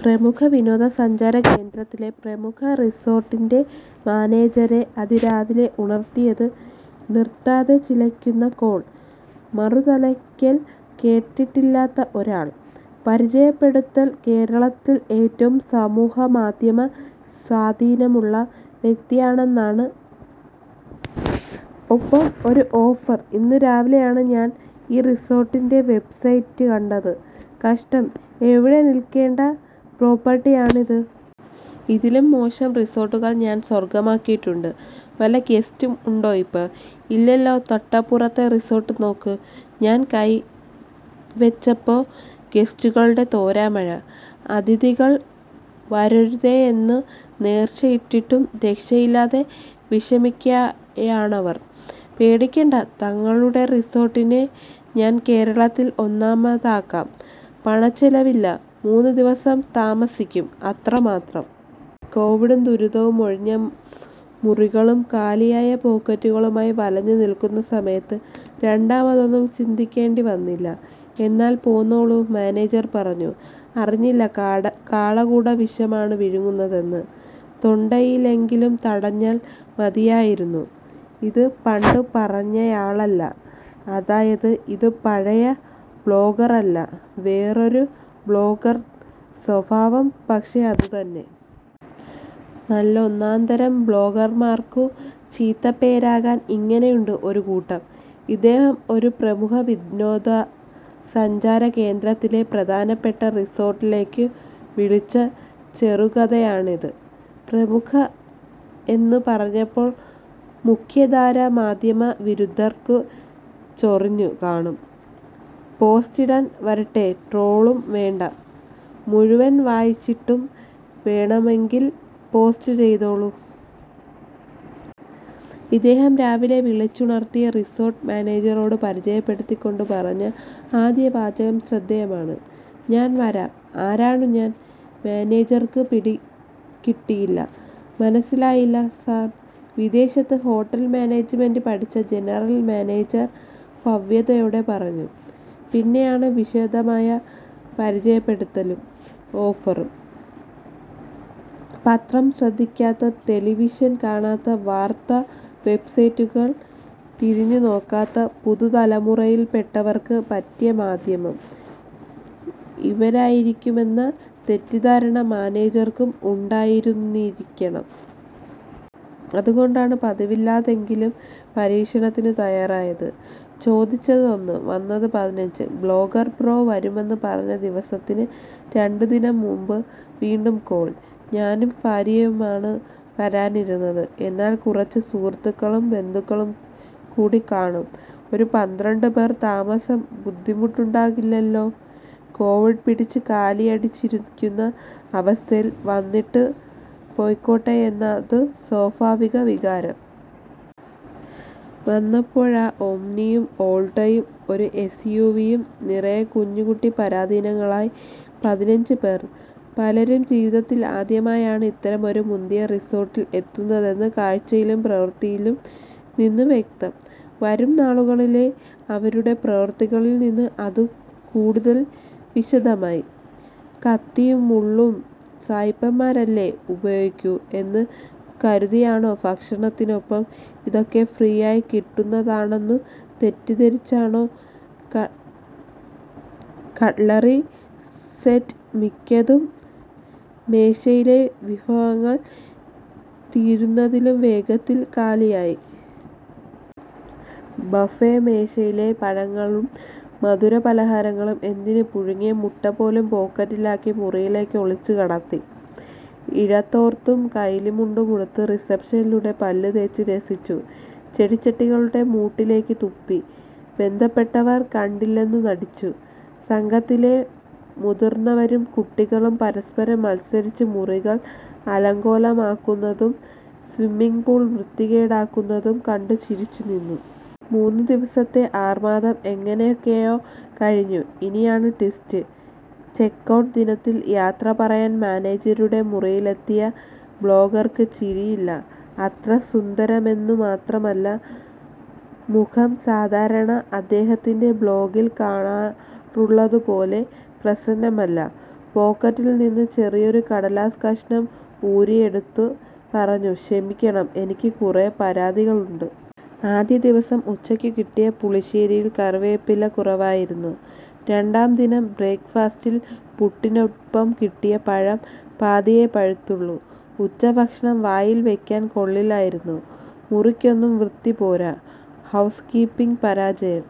പ്രമുഖ വിനോദ സഞ്ചാര കേന്ദ്രത്തിലെ പ്രമുഖ റിസോർട്ടിൻ്റെ മാനേജരെ അതിരാവിലെ ഉണർത്തിയത് നിർത്താതെ ചിലയ്ക്കുന്ന കോൾ. മറുതലയ്ക്കൽ കേട്ടിട്ടില്ലാത്ത ഒരാൾ. പരിചയപ്പെടുത്തൽ കേരളത്തിൽ ഏറ്റവും സമൂഹമാധ്യമ സ്വാധീനമുള്ള വ്യക്തിയാണെന്നാണ്. ഒപ്പം ഒരു ഓഫർ. ഇന്നു രാവിലെയാണ് ഞാൻ ഈ റിസോർട്ടിൻ്റെ വെബ്സൈറ്റ് കണ്ടത്. കഷ്ടം, എവിടെ നിൽക്കേണ്ട പ്രോപ്പർട്ടിയാണിത്. ഇതിലും മോശം റിസോർട്ടുകൾ ഞാൻ സ്വർഗമാക്കിയിട്ടുണ്ട്. വല്ല ഗസ്റ്റും ഉണ്ടോ ഇപ്പോ? ഇല്ലല്ലോ? തൊട്ടപ്പുറത്തെ റിസോർട്ട് നോക്ക്. ഞാൻ കൈ വച്ചപ്പോൾ ഗസ്റ്റുകളുടെ തോരാമഴ. അതിഥികൾ വരരുതേയെന്നു നേർച്ചയിട്ടിട്ടും രക്ഷയില്ലാതെ വിഷമിക്കയാണവർ. പേടിക്കേണ്ട, താങ്കളുടെ റിസോർട്ടിനെ ഞാൻ കേരളത്തിൽ ഒന്നാമതാക്കാം. പണച്ചെലവില്ല. മൂന്നു ദിവസം താമസിക്കും, അത്ര മാത്രം. കോവിഡും ദുരിതവു ഒഴിഞ്ഞ മുറികളും കാലിയായ പോക്കറ്റുകളുമായി വലഞ്ഞു നിൽക്കുന്ന സമയത്ത് രണ്ടാമതൊന്നു ചിന്തിക്കേണ്ടി വന്നില്ല. എന്നാൽ പോന്നോളൂ മാനേജർ പറഞ്ഞു. അറിഞ്ഞില്ല, കാട കാളകൂടവിഷമാണ് വിഴുങ്ങുന്നതെന്ന്. തൊണ്ടയിലെങ്കിലും തടഞ്ഞാൽ മതിയായിരുന്നു. ഇത് പണ്ടു പറഞ്ഞയാളല്ല, അതായത് ഇതു പഴയ ബ്ലോഗർ അല്ല. വേറൊരു ബ്ലോഗർ. സ്വഭാവം പക്ഷേ അതുതന്നെ. നല്ലൊന്നാന്തരം ബ്ലോഗർമാർക്കു ചീത്തപ്പേരാകാൻ ഇങ്ങനെയുണ്ട് ഒരു കൂട്ടം. ഇദ്ദേഹം ഒരു പ്രമുഖ വിനോദ സഞ്ചാര കേന്ദ്രത്തിലെ പ്രധാനപ്പെട്ട റിസോർട്ടിലേക്കു വിളിച്ച ചെറുകഥയാണിത്. പ്രമുഖ എന്നു പറഞ്ഞപ്പോൾ മുഖ്യധാരാ മാധ്യമ വിരുദ്ധർക്കു ചൊറിഞ്ഞു കാണും. പോസ്റ്റിടാൻ വരട്ടെ, ട്രോളും വേണ്ട. മുഴുവൻ വായിച്ചിട്ടു വേണമെങ്കിൽ പോസ്റ്റ് ചെയ്തോളൂ. ഇദ്ദേഹം രാവിലെ വിളിച്ചുണർത്തിയ റിസോർട്ട് മാനേജരോട് പരിചയപ്പെടുത്തിക്കൊണ്ടു പറഞ്ഞ ആദ്യ വാചകം ശ്രദ്ധേയമാണ്. ഞാൻ വരാം. ആരാണു ഞാൻ? മാനേജർക്കു പിടികിട്ടിയില്ല. മനസ്സിലായില്ല സാർ. വിദേശത്ത് ഹോട്ടൽ മാനേജ്മെൻ്റ് പഠിച്ച ജനറൽ മാനേജർ ഭവ്യതയോടെ പറഞ്ഞു. പിന്നെയാണ് വിശദമായ പരിചയപ്പെടുത്തലും ഓഫറും. പത്രം ശ്രദ്ധിക്കാത്ത, ടെലിവിഷൻ കാണാത്ത, വാർത്താ വെബ്സൈറ്റുകൾ തിരിഞ്ഞു നോക്കാത്ത പുതുതലമുറയിൽപ്പെട്ടവർക്ക് പറ്റിയ മാധ്യമം ഇവരായിരിക്കുമെന്ന തെറ്റിദ്ധാരണ മാനേജർക്കും ഉണ്ടായിരുന്നിരിക്കണം. അതുകൊണ്ടാണ് പതിവില്ലാത്തതെങ്കിലും പരീക്ഷണത്തിനു തയാറായത്. ചോദിച്ചത് ഒന്ന്, വന്നത് പതിനഞ്ച്. ബ്ലോഗർ ബ്രോ വരുമെന്നു പറഞ്ഞ ദിവസത്തിനു രണ്ടു ദിനം മുമ്പ് വീണ്ടും കോൾ. ഞാനും ഭാര്യയുമാണ് വരാനിരുന്നത്. എന്നാൽ കുറച്ചു സുഹൃത്തുക്കളും ബന്ധുക്കളും കൂടിക്കാണും. ഒരു പന്ത്രണ്ട് പേർ. താമസം ബുദ്ധിമുട്ടുണ്ടാകില്ലല്ലോ? കോവിഡ് പിടിച്ചു കാലിയടിച്ചിരിക്കുന്ന അവസ്ഥയിൽ വന്നിട്ടു പോകട്ടെയെന്നതു സ്വാഫാവിക വികാരം. വന്നപ്പോഴോ? ഓമ്നിയും ഓൾട്ടോയും ഒരു എസ് യു വി യും നിറയെ കുഞ്ഞുകുട്ടി പരാധീനങ്ങളായി പതിനഞ്ച് പേർ. പലരും ജീവിതത്തിൽ ആദ്യമായാണ് ഇത്തരമൊരു മുന്തിയ റിസോർട്ടിൽ എത്തുന്നതെന്നു കാഴ്ചയിലും പ്രവൃത്തിയിലും നിന്ന് വ്യക്തം. വരും നാളുകളിലെ അവരുടെ പ്രവൃത്തികളിൽ നിന്ന് അതു കൂടുതൽ വിശദമായി. കത്തിയും മുള്ളും സായിപ്പന്മാരല്ലേ ഉപയോഗിക്കൂ എന്നു കരുതിയാണോ ഭക്ഷണത്തിനൊപ്പം ഇതൊക്കെ ഫ്രീയായി കിട്ടുന്നതാണെന്നു തെറ്റിദ്ധരിച്ചാണോ കട് കട്ലറി സെറ്റ് മിക്കതും മേശയിലെ വിഭവങ്ങൾ തീരുന്നതിലും വേഗത്തിൽ കാലിയായി. ബഫെ മേശയിലെ പഴങ്ങളും മധുര പലഹാരങ്ങളും എന്തിന്, പുഴുങ്ങിയ മുട്ട പോലും പോക്കറ്റിലാക്കി മുറിയിലേക്ക് ഒളിച്ചു കടത്തി. ഇഴത്തോർത്തും കൈലിമുണ്ടുമുടുത്ത് റിസപ്ഷനിലൂടെ പല്ലു തേച്ചു രസിച്ചു. ചെടിച്ചട്ടികളുടെ മൂട്ടിലേക്ക് തുപ്പി. ബന്ധപ്പെട്ടവർ കണ്ടില്ലെന്നു നടിച്ചു. സംഘത്തിലെ മുതിർന്നവരും കുട്ടികളും പരസ്പരം മത്സരിച്ച് മുറികൾ അലങ്കോലമാക്കുന്നതും സ്വിമ്മിങ് പൂൾ വൃത്തികേടാക്കുന്നതും കണ്ടു ചിരിച്ചു നിന്നു. മൂന്നു ദിവസത്തെ അർമാദം എങ്ങനെയൊക്കെയോ കഴിഞ്ഞു. ഇനിയാണ് ട്വിസ്റ്റ്. ചെക്ക് ഔട്ട് ദിനത്തിൽ യാത്ര പറയാൻ മാനേജരുടെ മുറിയിലെത്തിയ ബ്ലോഗർക്ക് ചിരിയില്ല. അത്ര സുന്ദരമൊന്നുമാത്രമല്ല മുഖം സാധാരണ അദ്ദേഹത്തിൻ്റെ ബ്ലോഗിൽ കാണാറുള്ളതു പോലെ പ്രസന്നമല്ല. പോക്കറ്റിൽ നിന്ന് ചെറിയൊരു കടലാസ് കഷണം ഊരിയെടുത്തു പറഞ്ഞു. ക്ഷമിക്കണം, എനിക്കു കുറേ പരാതികളുണ്ട്. ആദ്യ ദിവസം ഉച്ചയ്ക്കു കിട്ടിയ പുളിശ്ശേരിയിൽ കറിവേപ്പില കുറവായിരുന്നു. രണ്ടാം ദിനം ബ്രേക്ക് ഫാസ്റ്റിന് പുട്ടിനൊപ്പം കിട്ടിയ പഴം പാതിയേ പഴുത്തുള്ളൂ. ഉച്ചഭക്ഷണം വായിൽ വയ്ക്കാൻ കൊള്ളില്ലായിരുന്നു. മുറിക്കൊന്നും വൃത്തി പോരാ. ഹൗസ് കീപ്പിങ് പരാജയം.